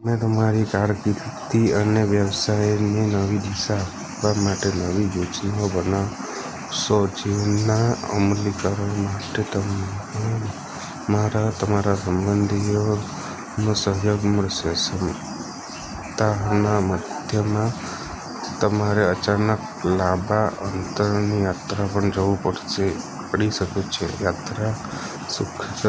તમે તમારી કારકિર્દી અને વ્યવસાયને નવી દિશા આપવા માટે નવી યોજના બનાવશો, જેના અમલીકરણ માટે તમને તમારા સંબંધીઓનો સહયોગ મળશે. સપ્તાહના મધ્યમાં તમારે અચાનક લાંબા અંતરની યાત્રા પર જવું પડી શકે છે. યાત્રા સુખદ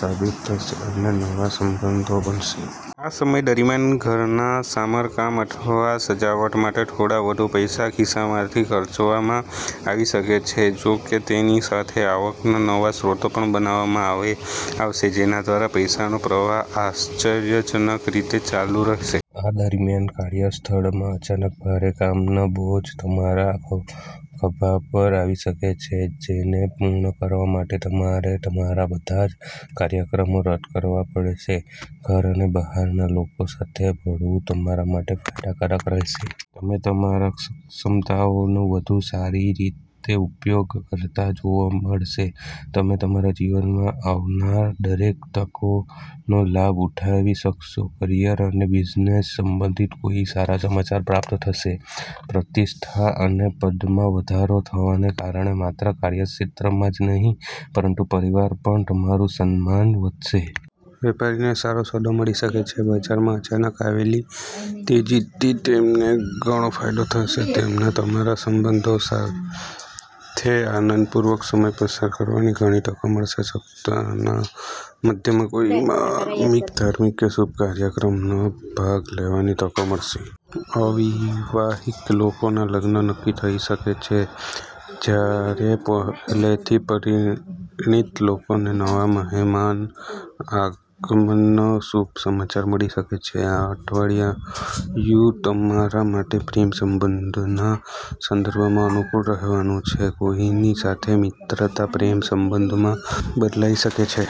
સાબિત થશે અને નવા સંબંધો બનશે. આ સમય દરમિયાન, ઘરના સમારકામ અથવા સજાવટ માટે થોડા વધુ પૈસા ખિસ્સામાંથી ખર્ચવામાં આવી શકે છે, જો કે તેની સાથે આવકના નવા સ્ત્રોત પણ બનાવવામાં આવશે, જેના દ્વારા પૈસાનો પ્રવાહ આશ્ચર્યજનક રીતે ચાલુ રહેશે. આ દરમિયાન, કાર્યસ્થળમાં અચાનક ભારે કામનો બોજ તમારા ખભા પર આવી શકે છે, જેને પૂર્ણ કરવા માટે તમારે તમારા બધા કાર્યક્રમો રદ કરવા પડશે. ઘર અને બહારના લોકો સાથે ભળવું તમારા માટે ફાયદાકારક રહેશે. તમે તમારી ક્ષમતાઓનો વધુ સારી રીતે ઉપયોગ કરતા જોવા મળશે. તમે તમારા જીવનમાં આવનાર દરેક તકનો લાભ ઉઠાવી શકશો. કરિયર અને બિઝનેસ સંબંધિત કોઈ સારા સમાચાર પ્રાપ્ત થશે. પ્રતિષ્ઠા અને પદમાં વધારો થવાને કારણે માત્ર કાર્યક્ષેત્રમાં જ નહીં પરંતુ પરિવારમાં પણ તમારું સન્માન વધશે. વેપારીને સારો સોદો મળી શકે છે. બજારમાં અચાનક આવેલી તેજીથી તમને ઘણો ફાયદો થશે. તમને તમારા સંબંધીઓ સાથે આનંદપૂર્વક સમય પસાર કરવાની ઘણી તકો મળશે. સપ્તાહના મધ્યમાં કોઈ ધાર્મિક કે શુભ કાર્યક્રમમાં ભાગ લેવાની તક મળશે. અવિવાહિત લોકોના લગ્ન નક્કી થઈ શકે છે, જ્યારે પહેલાથી પરિણીત લોકોને નવા મહેમાનના આગમનના શુભ સમાચાર મળી શકે છે. આ અઠવાડિયું તમારા માટે પ્રેમ સંબંધોના સંદર્ભમાં અનુકૂળ રહેવાનું છે. કોઈની સાથે મિત્રતા પ્રેમ સંબંધમાં બદલાઈ શકે છે.